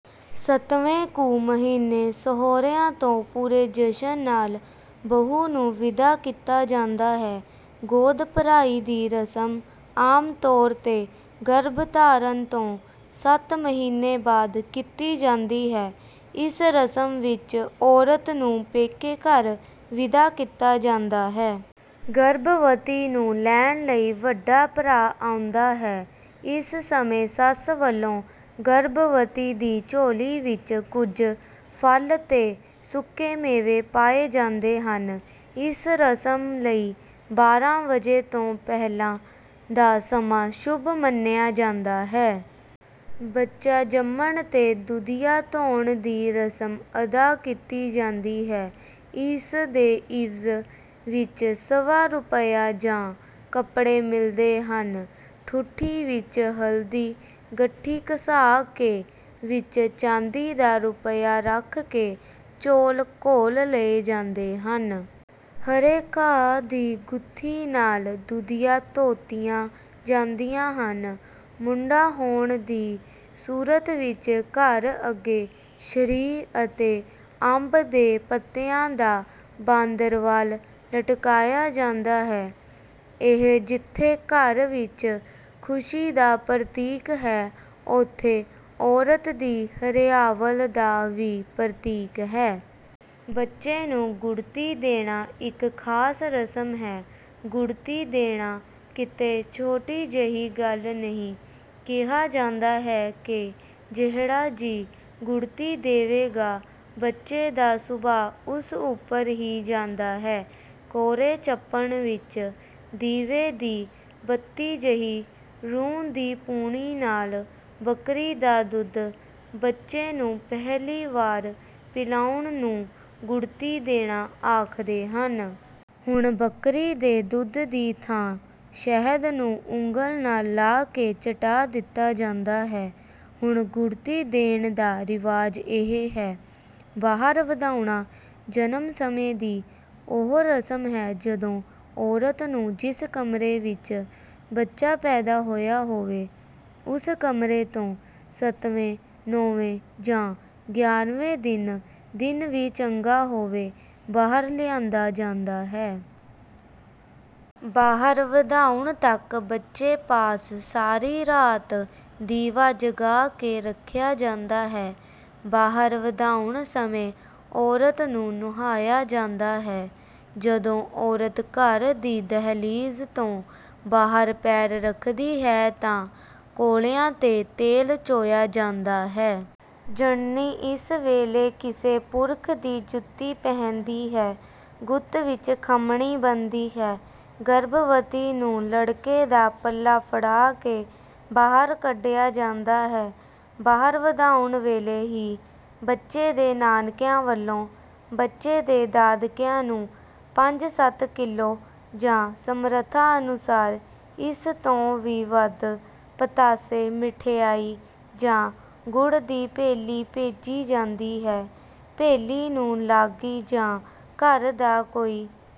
ਸੱਤਵੇਂ ਕੁ ਮਹੀਨੇ ਸਹੁਰਿਆਂ ਤੋਂ ਪੂਰੇ ਜਸ਼ਨ ਨਾਲ਼ ਬਹੂ ਨੂੰ ਵਿਦਾ ਕੀਤਾ ਜਾਂਦਾ ਹੈ। ਗੋਦ ਭਰਾਈ ਦੀ ਰਸਮ ਆਮ ਤੌਰ ਤੇ ਗਰਭਧਾਰਨ ਤੋਂ ਸੱਤ ਮਹੀਨੇ ਬਾਅਦ ਕੀਤੀ ਜਾਂਦੀ ਹੈ। ਇਸ ਰਸਮ ਵਿੱਚ ਔਰਤ ਨੂੰ ਪੇਕੇ ਘਰ ਵਿਦਾ ਕੀਤਾ ਜਾਂਦਾ ਹੈ। ਗਰਭਵਤੀ ਨੂੰ ਲੈਣ ਲਈ ਵੱਡਾ ਭਰਾ ਆਉਂਦਾ ਹੈ। ਇਸ ਸਮੇਂ ਸੱਸ ਵੱਲੋਂ ਗਰਭਵਤੀ ਦੀ ਝੋਲੀ ਵਿੱਚ ਕੁਝ ਫਲ ਤੇ ਸੁੱਕੇ ਮੇਵੇ ਪਾਏ ਜਾਂਦੇ ਹਨ। ਇਸ ਰਸਮ ਲਈ ਬਾਰਾਂ ਵਜੇ ਤੋਂ ਪਹਿਲਾਂ ਦਾ ਸਮਾਂ ਸ਼ੁਭ ਮੰਨਿਆ ਜਾਂਦਾ ਹੈ। ਬੱਚਾ ਜੰਮਣ ਤੇ ਦੁਧੀਆਂ ਧੋਣ ਦੀ ਰਸਮ ਅਦਾ ਕੀਤੀ ਜਾਂਦੀ ਹੈ। ਇਸ ਦੇ ਇਵਜ਼ ਵਿੱਚ ਸਵਾ ਰੁਪਈਆ ਜਾਂ ਕੱਪੜੇ ਮਿਲਦੇ ਹਨ। ਠੂਠੀ ਵਿੱਚ ਹਲਦੀ ਗੱਠੀ ਘਸਾ ਕੇ ਵਿੱਚ ਚਾਂਦੀ ਦਾ ਰੁਪਈਆ ਰੱਖ ਕੇ ਚੌਲ਼ ਘੋਲ਼ ਲਏ ਜਾਂਦੇ ਹਨ। ਹਰੇ ਘਾਹ ਦੀ ਗੁੱਥੀ ਨਾਲ਼ ਦੁਧੀਆਂ ਧੋਤੀਆਂ ਜਾਂਦੀਆਂ ਹਨ। ਮੁੰਡਾ ਹੋਣ ਦੀ ਸੂਰਤ ਵਿੱਚ ਘਰ ਅੱਗੇ ਸ਼ਰੀਂਹ ਅਤੇ ਅੰਬ ਦੇ ਪੱਤਿਆਂ ਦਾ ਬਾਂਦਰਵਾਲ ਲਟਕਾਇਆ ਜਾਂਦਾ ਹੈ। ਇਹ ਜਿੱਥੇ ਘਰ ਵਿੱਚ ਖੁਸ਼ੀ ਦਾ ਪ੍ਰਤੀਕ ਹੈ ਉੱਥੇ ਔਰਤ ਦੀ ਹਰਿਆਵਲ ਦਾ ਵੀ ਪ੍ਰਤੀਕ ਹੈ। ਬੱਚੇ ਨੂੰ ਗੁੜ੍ਹਤੀ ਦੇਣਾ ਇੱਕ ਖਾਸ ਰਸਮ ਹੈ। ਗੁੜ੍ਹਤੀ ਦੇਣਾ ਕਿਤੇ ਛੋਟੀ ਜਿਹੀ ਗੱਲ ਨਹੀਂ। ਕਿਹਾ ਜਾਂਦਾ ਹੈ ਕਿ ਜਿਹੜਾ ਜੀਅ ਗੁੜ੍ਹਤੀ ਦੇਵੇਗਾ ਬੱਚੇ ਦਾ ਸੁਭਾਅ ਉਸ ਉੱਪਰ ਹੀ ਜਾਂਦਾ ਹੈ। ਕੋਰੇ ਚੱਪਣ ਵਿੱਚ ਦੀਵੇ ਦੀ ਬੱਤੀ ਜਿਹੀ ਰੂੰ ਦੀ ਪੂਣੀ ਨਾਲ਼ ਬੱਕਰੀ ਦਾ ਦੁੱਧ ਬੱਚੇ ਨੂੰ ਪਹਿਲੀ ਵਾਰ ਪਿਲਾਉਣ ਨੂੰ ਗੁੜ੍ਹਤੀ ਦੇਣਾ ਆਖਦੇ ਹਨ। ਹੁਣ ਬੱਕਰੀ ਦੇ ਦੁੱਧ ਦੀ ਥਾਂ ਸ਼ਹਿਦ ਨੂੰ ਉਂਗਲ ਨਾਲ਼ ਲਾ ਕੇ ਚਟਾ ਦਿੱਤਾ ਜਾਂਦਾ ਹੈ। ਹੁਣ ਗੁੜ੍ਹਤੀ ਦੇਣ ਦਾ ਰਿਵਾਜ ਇਹ ਹੈ। ਬਾਹਰ ਵਧਾਉਣਾ ਜਨਮ ਸਮੇਂ ਦੀ ਉਹ ਰਸਮ ਹੈ ਜਦੋਂ ਔਰਤ ਨੂੰ ਜਿਸ ਕਮਰੇ ਵਿੱਚ ਬੱਚਾ ਪੈਦਾ ਹੋਇਆ ਹੋਵੇ ਉਸ ਕਮਰੇ ਤੋਂ ਸੱਤਵੇਂ ਨੌਵੇਂ ਜਾਂ ਗਿਆਰ੍ਹਵੇਂ ਦਿਨ ਦਿਨ ਵੀ ਚੰਗਾ ਹੋਵੇ ਬਾਹਰ ਲਿਆਂਦਾ ਜਾਂਦਾ ਹੈ। ਬਾਹਰ ਵਧਾਉਣ ਤੱਕ ਬੱਚੇ ਪਾਸ ਸਾਰੀ ਰਾਤ ਦੀਵਾ ਜਗਾ ਕੇ ਰੱਖਿਆ ਜਾਂਦਾ ਹੈ। ਬਾਹਰ ਵਧਾਉਣ ਸਮੇਂ ਔਰਤ ਨੂੰ ਨੁਹਾਇਆ ਜਾਂਦਾ ਹੈ। ਜਦੋਂ ਔਰਤ ਘਰ ਦੀ ਦਹਿਲੀਜ਼ ਤੋਂ ਬਾਹਰ ਪੈਰ ਰੱਖਦੀ ਹੈ ਤਾਂ ਕੌਲਿਆਂ ਤੇ ਤੇਲ ਚੋਇਆ ਜਾਂਦਾ ਹੈ। ਜਣਨੀ ਇਸ ਵੇਲੇ ਕਿਸੇ ਪੁਰਖ ਦੀ ਜੁੱਤੀ ਪਹਿਨਦੀ ਹੈ ਗੁੱਤ ਨੂੰ ਖੰਮ੍ਹਣੀ ਬੰਨ੍ਹਦੀ ਹੈ। ਗਰਭਵਤੀ ਨੂੰ ਲੜਕੇ ਦਾ ਪੱਲਾ ਫੜਾ ਕੇ ਬਾਹਰ ਕੱਢਿਆ ਜਾਂਦਾ ਹੈ। ਬਾਹਰ ਵਧਾਉਣ ਵੇਲੇ ਹੀ ਬੱਚੇ ਦੇ ਨਾਨਕਿਆਂ ਵੱਲੋਂ ਬੱਚੇ ਦੇ ਦਾਦਕਿਆਂ ਨੂੰ ਪੰਜ ਸੱਤ ਕਿੱਲੋ ਜਾਂ ਸਮਰੱਥਾ ਅਨੁਸਾਰ ਇਸ ਤੋਂ ਵੀ ਵੱਧ ਪਤਾਸੇ ਮਠਿਆਈ ਜਾਂ ਗੁੜ ਦੀ ਭੇਲੀ ਭੇਜੀ ਜਾਂਦੀ ਹੈ। ਭੇਲੀ ਨੂੰ ਲਾਗੀ ਜਾਂ ਘਰ ਦਾ ਕੋਈ